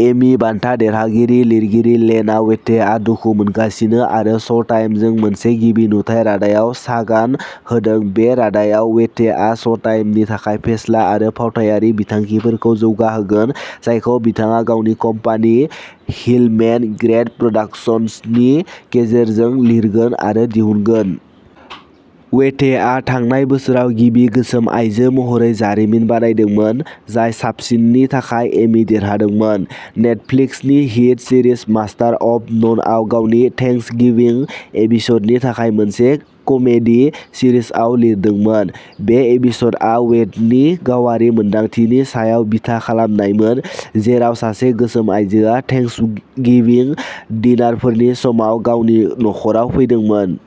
Amy बान्था देरहागिरि लिरगिरि लेना वेथेआ दुखु मोनगासिनो आरो श'टाइमजों मोनसे गिबि-नुथाइ रादायाव सागान होदों! बे रादायाव, वेथेआ श'टाइमनि थाखाय फेस्ला आरो फावथायारि बिथांखिफोरखौ जौगाहोगोन, जायखौ बिथाङा गावनि कम्पानि हिलमेन ग्रेड प्रडाक्शन्सनि गेजेरजों लिरगोन आरो दिहुनगोन। वेथेआ थांनाय बोसोराव गिबि गोसोम आयजो महरै जारिमिन बानायदोंमोन, जाय साबसिननि थाखाय एमी देरहादोंमोन। नेटफ्लिक्सनि हिट सिरिज मास्टार अफ ननआव गावनि "थेंक्सगिविं" एपिसडनि थाखाय मोनसे कमेडी सिरिजआव लिरदोंमोन। बे एपिसडआ वेथनि गावारि मोनदांथिनि सायाव बिथा खालामनायमोन, जेराव सासे गोसोम आयजोआ थेंक्सगिविं डिनारफोरनि समाव गावनि नख'राव फैदोंमोन।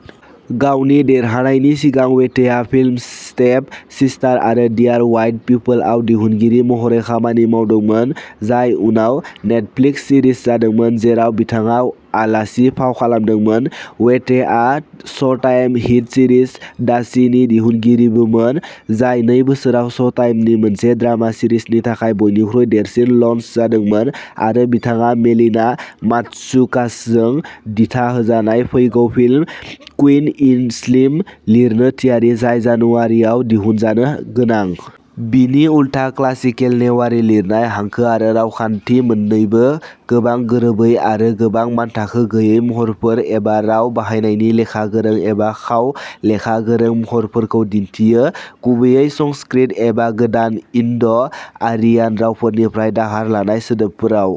गावनि देरहानायनि सिगां वेथेआ फिल्म स्टेप सिस्टार आरो डियर व्हाइट पिपलआव दिहुनगिरि महरै खामानि मावदोंमोन, जाय उनाव नेटफ्लिक्स सिरिज जादोंमोन जेराव बिथाङा आलासि फाव खालामदोंमोन। वेथेआ श'टाइम हिट सीरीज द चीनि दिहुनगिरिबोमोन, जाय नै बोसोराव श'टाइमनि मोनसे ड्रामा सिरिजनि थाखाय बयनिख्रुइ देरसिन लन्च जादोंमोन, आरो बिथाङा मेलिना मात्सुकासजों दिथाहोजानाय फैगौ फिल्म, क्वीन एंड स्लिम लिरनो थियारि, जाय जानुवारिआव दिहुनजानो गोनां। बिनि उलथा, क्लासिकेल नेवारी लिरनाय-हांखो आरो रावखान्थि-मोननैबो गोबां गोरोबै आरो गोबां मानथाखो गैयै महरफोर एबा राव बाहायनायनि लेखा गोरों एबा खाव-लेखा गोरों महरफोरखौ दिन्थियो, गुबैयै संस्कृत एबा गोदान इन्ड'- आरियान रावफोरनिफ्राय दाहार लानाय सोदोबफोराव।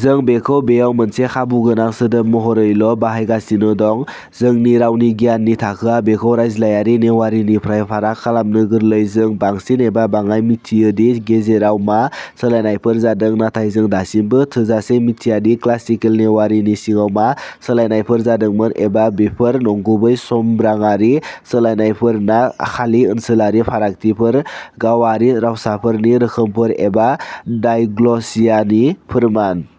जों बेखौ बेयाव मोनसे खाबुगोनां सोदोब महरैल'बाहायगासिनो दं। जोंनि रावनि गियाननि थाखोआ बेखौ रायज्लायारि नेवारीनिफ्राय फाराग खालामनो गोरलै। जों, बांसिन एबा बाङाय, मिथियो दि गेजेराव मा सोलायनायफोर जादों, नाथाय जों दासिमबो थोजासे मिथिया दि क्लासिकेल नेवारीनि सिङाव मा सोलायनायफोर जादोंमोन एबा बेफोर नंगुबै समब्राङारि सोलायनायफोर ना खालि ओनसोलारि फारागथिफोर-गावारि रावसाफोरनि रोखोमफोर, एबा डायग्लसिया नि फोरमान।